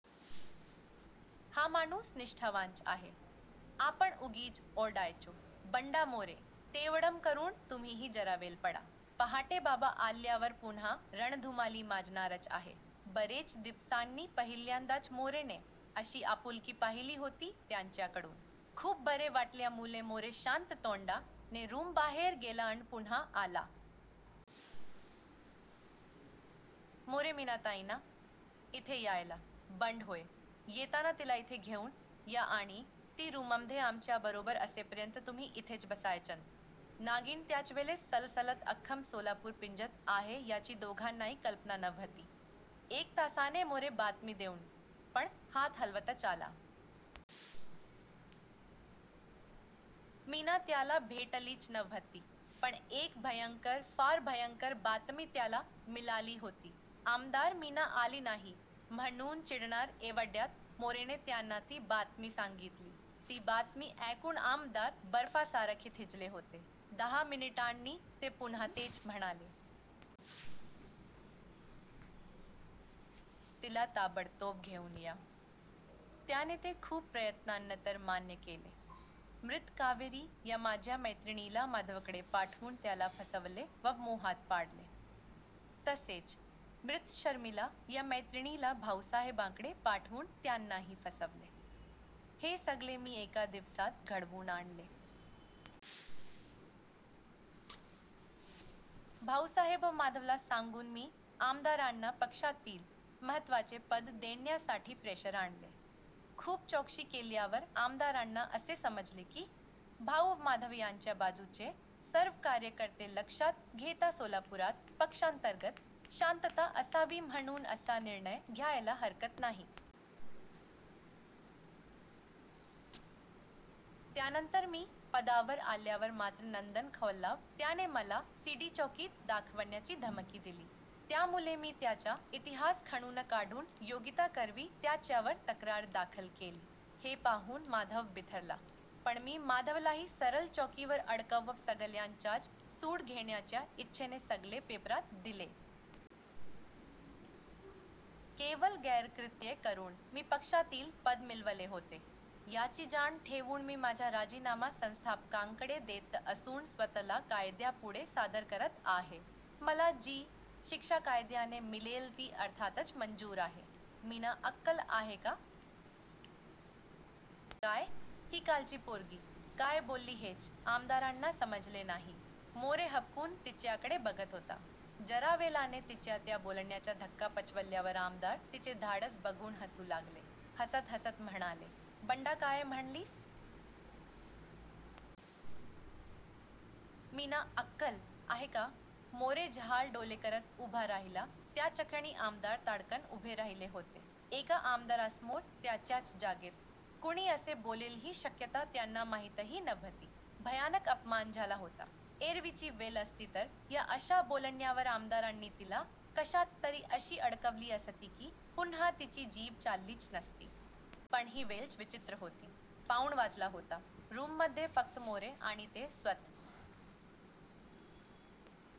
हा माणूस निष्ठावानच आहे. आपण उगीच ओरडायचो. बंडा मोरे, तेवढं करून तुम्हीही जरा वेळ पडा! पहाटे बाबा आल्यावर पुन्हा रणधुमाळी माजणारच आहे. बरेच दिवसांनी पहिल्यांदाच मोरेने अशी आपुलकी पाहिली होती त्यांच्याकडून. खूप बरे वाटल्यामुळे मोरे शांत तोंडाने रूमबाहेर गेला अन पुन्हा आला. मोरे मीनाताईंना... इथे यायला.. बंड होय! येताना तिला इथे घेऊन या आणि ती रूममधे आमच्याबरोबर असेपर्यंत तुम्ही इथेच बसायचंत! नागीण त्याचवेलेस सळसळत अख्खं सोलापूर पिंजत आहे याची दोघांनाही कल्पना नव्हती. एक तासाने मोरे बातमी देऊन, पण हात हलवतच आला. मीना त्याला भेटलीच नव्हती. पण एक भयंकर, फ़ार भयंकर बातमी त्याला मिळाली होती. आमदार मीना आली नाही म्हणून चिडणार एवढ्यात मोरेने त्यांना ती बातमी सांगीतली. ती बातमी ऐकून आमदार बर्फ़ासारखे थिजले होते. दहा मिनिटांनी ते पुन्हा तेच म्हणाले. 'तिला ताबडतोब घेऊन या'! त्याने ते खूप प्रयत्नांनतर मान्य केले. मृत कावेरी या माझ्या मैत्रिणीला माधवकडे पाठवून त्याला फ़सवले व मोहात पाडले. तसेच, मृत शर्मिला या मैत्रिणीला भाऊसाहेबांकडे पाठवून त्यांनाही फ़सवले. हे सगळे मी एका दिवसात घडवून आणले. भाऊसाहेब व माधवला सांगून मी आमदारांना पक्षातील महत्वाचे पद देण्यासाठी प्रेशर आणले. खूप चौकशी केल्यावर आमदारांना असे समजले की भाऊ व माधव यांच्या बाजूचे सर्व कार्यकर्ते लक्षात घेता सोलापुरात पक्षांतर्गत शांतता असावी म्हणून असा निर्णय घ्यायला हरकत नाही. त्यानंतर मी पदावर आल्यावर मात्र नंदन खवळला व त्याने मला सी. डी. चौकीत दाखवण्याची धमकी दिली. त्यामुळे मी त्याचा इतिहास खणून काढून योगिताकरवी त्याच्यावर तक्रार दाखल केली. हे पाहून माधव बिथरला. पण मी माधवलाही सरळ चौकीवर अडकव व सगळ्यांचाच सूड घेण्याच्या इच्छेने सगळे पेपरात दिले. केवळ गैरकृत्ये करून मी पक्षातील पद मिळवले होते. याची जाण ठेवून मी माझा राजीनामा संस्थापकांकडे देत असून स्वत:ला कायद्यापुढे सादर करत आहे. मला जी शिक्षा कायद्याने मिळेल ती अर्थातच मंजूर आहे. मीना अक्कल आहे का? जरा तरी, काय? ही कालची पोरगी काय बोलली हेच आमदारांना समजले नाही. मोरे हबकून तिच्याकडे बघत होता. जरावेळाने तिच्या त्या बोलण्याचा धक्का पचवल्यावर आमदार तिचे धाडस बघून हसू लागले. हसत हसत म्हणाले: बंडा काय म्हणलीस? मीना अक्कल!.आहे का? मोरे जहाल डोळे करत उभा राहिला त्याचक्षणी आमदार ताडकन उभे राहिले होते. एका आमदारासमोर त्याच्याच जागेत कुणी असे बोलेल ही शक्यता त्यांना माहीतही नव्हती. भयानक अपमान झाला होता. एरवीची वेळ असती तर या अशा बोलण्यावर आमदारांनी तिला कशाततरी अशी अडकवली असती की पुन्हा तिची जीभ चाललीच नसती. पण ही वेळच विचित्र होती. पाऊण वाजला होता. रूममधे फ़क्त मोरे आणि ते स्वत:--